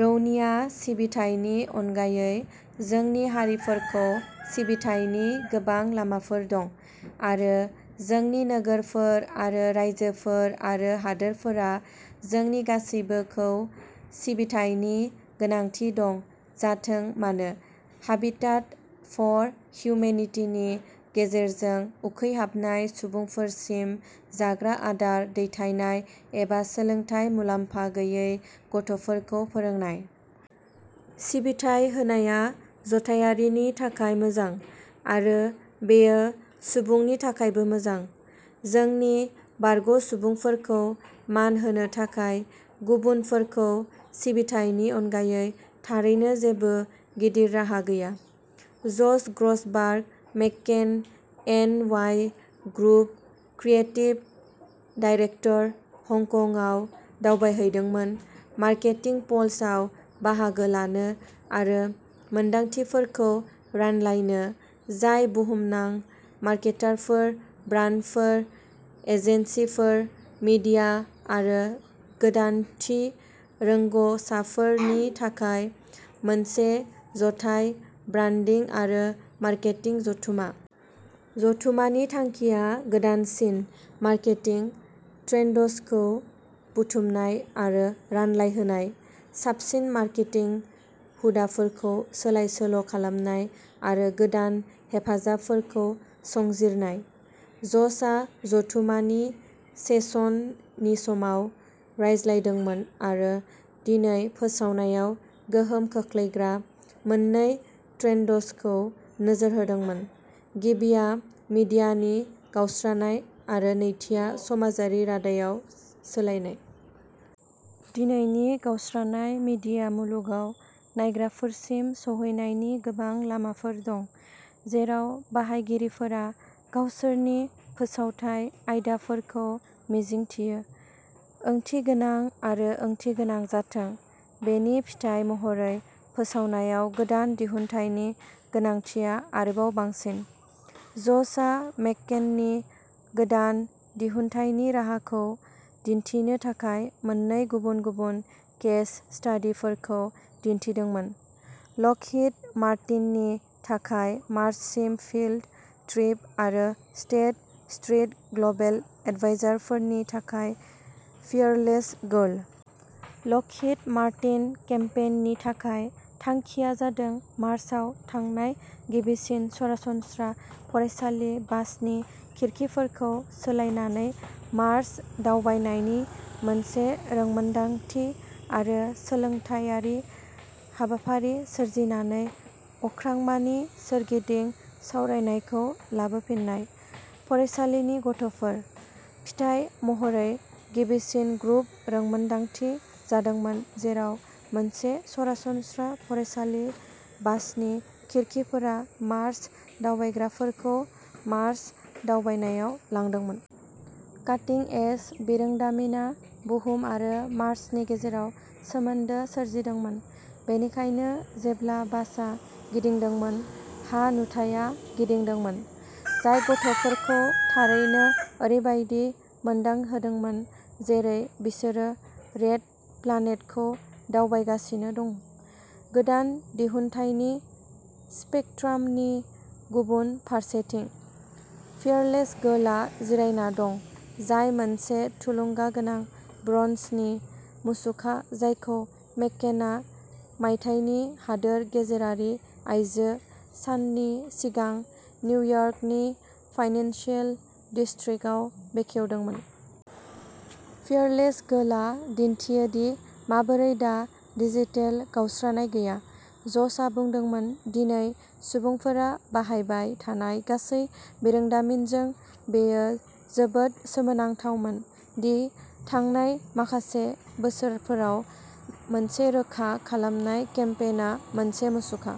रौनिया सिबिथायनि अनगायै जोंनि हारिफोरखौ सिबिथायनि गोबां लामाफोर दं, आरो जोंनि नोगोरफोर आरो रायजोफोर आरो हादोरफोरा जोंनि गासिबोखौ सिबिथायनि गोनांथि दं-जाथों मानो। हाबिटाट फर हिउमेनिटीनि गेजेरजों, उखैहाबनाय सुबुंफोरसिम जाग्रा आदार दैथायनाय, एबा सोलोंथाय मुलामफा गैयै गथ'फोरखौ फोरोंनाय। सिबिथाय होनाया जथायारिनि थाखाय मोजां, आरो बेयो सुबुंनि थाखायबो मोजां। जोंनि बारग'सुबुंफोरखौ मान होनो थाखाय गुबुनफोरखौ सिबिथायनि अनगायै थारैनो जेबो गिदिर राहा गैया। Josh Grossberg, McCann N. Y. Group creative director, हंकंआव दावबायहैदोंमोन मार्केटिंपल्सआव बाहागो लानो आरो मोनदांथिफोरखौ रानलायनो, जाय बुहुमनां मार्केटारफोर, ब्रान्डफोर, एजेन्सिफोर, मीडिया आरो गोदानथि रोंग'साफोरनि थाखाय मोनसे जथाय ब्रान्डिं आरो मार्केटिं जथुममा। जथुम्मानि थांखिया गोदानसिन मार्केटिं ट्रेन्ड्सखौ बुथुमनाय आरो रानलायहोनाय, साबसिन मार्केटिं हुदाफोरखौ सोलाय-सोल'खालामनाय आरो गोदान हेफाजाबफोरखौ संजिरनाय। जशआ जथुम्मानि सेसन नि समाव रायज्लायदोंमोन आरो दिनै फोसावनायाव गोहोम खोख्लैग्रा मोन्नै ट्रेन्ड्सखौ नोजोर होदोंमोनः गिबिया मिडियानि गावस्रानाय; आरो नैथिआ समाजारि रादायाव सोलायनाय। दिनैनि गावस्रानाय मीडिया मुलुगाव नायग्राफोरसिम सौहैनायनि गोबां लामाफोर दं जेराव बाहायगिरिफोरा गावसोरनि फोसावथाय आयदाफोरखौ मिजिंथियो। ओंथिगोनां आरो ओंथिगोनां जाथों। बेनि फिथाइ महरै, फोसावनायाव गोदान दिहुनथायनि गोनांथिआ आरोबाव बांसिन। ज'शआ मेककेननि गोदान दिहुनथायनि राहाखौ दिन्थिनो थाखाय मोन्नै गुबुन गुबुन केस स्टादिफोरखौ दिन्थिदोंमोनः लकहिड मार्टिननि थाखाय मार्ससिम फिल्ड ट्रिप आरो स्टेट स्ट्रीट ग्लबेल एडभाइजारफोरनि थाखाय फीयरलेस गार्ल। लकहिड मार्टिन केम्पेइननि थाखाय, थांखिया जादों मार्साव थांनाय गिबिसिन सरासनस्रा फरायसालि बासनि खिरखिफोरखौ सोलायनानै मार्स दावबायनायनि मोनसे रोंमोनदांथि आरो सोलोंथायारि हाबाफारि सोरजिनानै अख्रांमानि सोरगिदिं सावरायनायखौ लाबोफिन्नायः फरायसालिनि गथ'फोर। फिथाय महरै गिबिसिन ग्रुप रोंमोनदांथि जादोंमोन जेराव मोनसे सरासनस्रा फरायसालि बासनि खिरखिफोरा मार्स दावबायग्राफोरखौ मार्स दावबायनायाव लांदोंमोन। काटिं-एज बिरोंदामिनआ बुहुम आरो मार्सनि गेजेराव " सोमोन्दो" सोरजिदोंमोन, बेनिखायनो, जेब्ला बासआ गिदिंदोंमोन, हा-नुथाया गिदिंदोंमोन, जाय गथ'फोरखौ थारैनो ओरैबायदि मोनदांहोदोंमोन जेरै बिसोरो रेड प्लानेटखौ दावबायगासिनो दं। गोदान दिहुनथायनि स्पेकट्रामनि गुबुन फारसेथिं। फीयरलेस गार्लआ जिरायना दं, जाय मोनसे थुलुंगागोनां ब्रन्जनि मुसुखा जायखौ मेककेनआ मायथाइनि हादोर गेजेरारि आइजो साननि सिगां निउयार्कनि फाइनेन्सियेल डिस्ट्रिक्टआव बेखेवदोंमोन। "फीयरलेस गार्लआ दिन्थियो दि माबोरै दा डिजिटेल गावस्रानाय गैया", ज'शआ बुंदोंमोन। "दिनै सुबुंफोरा बाहायबाय थानाय गासै बिरोंदामिनजों, बेयो जोबोद सोमोनांथावमोन दि थांनाय माखासे बोसोरफोराव मोनसे रोखा खालामनाय केम्पेइनआ मोनसे मुसुखा।